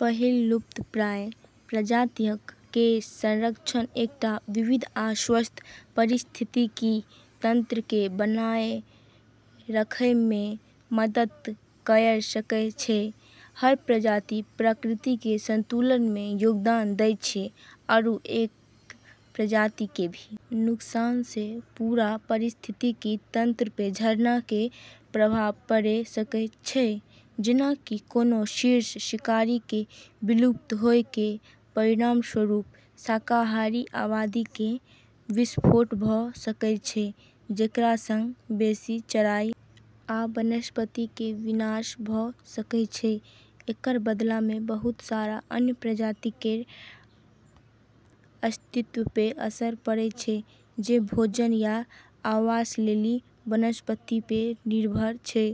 पहिल लुप्तप्राय प्रजातियक कें संरक्षण एकटा विविध आ स्वस्थ पारिस्थितिकी तंत्र कें बनाए रखय मे मदद कयर सकय छै, हर प्रजाति प्रकृति के संतुलन में योगदान दै छै आरू एक प्रजाति के भी नुकसान से पूरा पारिस्थितिकी तंत्र पे झरना के प्रभाव पड़े सकै छै जेना कि कोनों शीर्ष शिकारी कें विलुप्त होय कें परिणामस्वरूप शाकाहारी आबादी कें विस्फोट भ सकय छै जेकरा सं बेसि चराई आ वनस्पति कें विनाश भ सकय छै, एकरऽ बदला मे बहुत सारा अन्य प्रजाति केरऽ अस्तित्व पे असर पड़ै छै जे भोजन या आवास लेली वनस्पति पे निर्भर छै,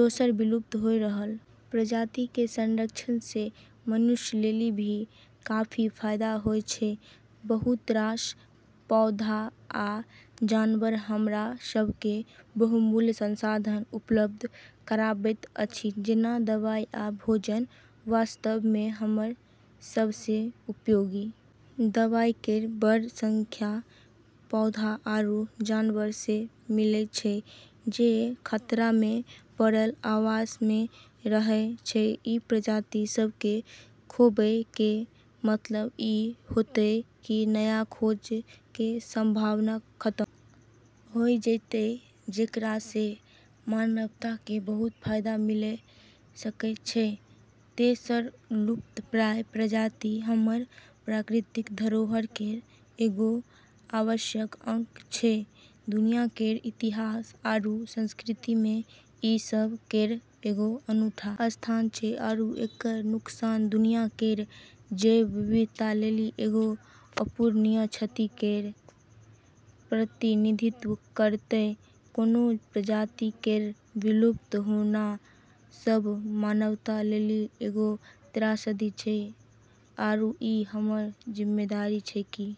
दोसर विलुप्त होय रहलऽ प्रजाति के संरक्षण से मनुष्य लेली भी काफी फायदा होय छै, बहुत रास पौधा आ जानवर हमरा सब के बहुमूल्य संसाधन उपलब्ध कराबैत अछि जेना दवाई आ भोजन, वास्तव मे हमरऽ सबसें उपयोगी दवाई केरऽ बड़ऽ संख्या पौधा आरू जानवरऽ से मिलै छै जे खतरा मे पड़लऽ आवास मे रहय छै, ई प्रजाति सब के खोबै के मतलब ई होतै कि नया खोज के संभावना खतम होय जैतै जेकरा से मानवता के बहुत फायदा मिले सकै छै, तेसर लुप्तप्राय प्रजाति हमरऽ प्राकृतिक धरोहर केरऽ एगो आवश्यक अंग छै, दुनिया केरऽ इतिहास आरू संस्कृति मे ई सब केरऽ एगो अनूठा स्थान छै आरू एकरऽ नुकसान दुनिया केरऽ जैव विविधता लेली एगो अपूरणीय क्षति के प्रतिनिधित्व करतै, कोनो प्रजाति केरऽ विलुप्त होना सब मानवता लेली एगो त्रासदी छै आरू ई हमरऽ जिम्मेदारी छै कि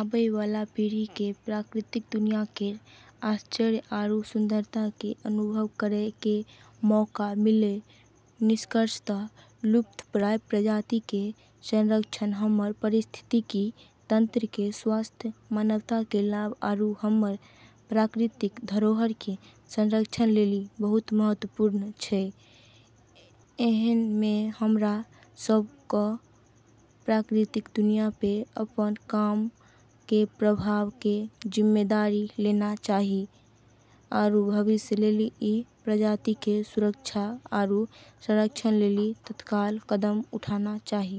आबै वाला पीढ़ी के प्राकृतिक दुनिया केरऽ आश्चर्य आरू सुंदरता के अनुभव करै के मौका मिलय, निष्कर्षतः, लुप्तप्राय प्रजाति के संरक्षण हमरऽ पारिस्थितिकी तंत्र के स्वास्थ्य, मानवता के लाभ आरू हमरऽ प्राकृतिक धरोहर के संरक्षण लेली बहुत महत्वपूर्ण छै, ऐन्हऽ मे हमरा सब कं प्राकृतिक दुनिया पे अपनऽ काम के प्रभाव के जिम्मेदारी लेना चाहि आरू भविष्य लेली ई प्रजाति के सुरक्षा आरू संरक्षण लेली तत्काल कदम उठाना चाहि।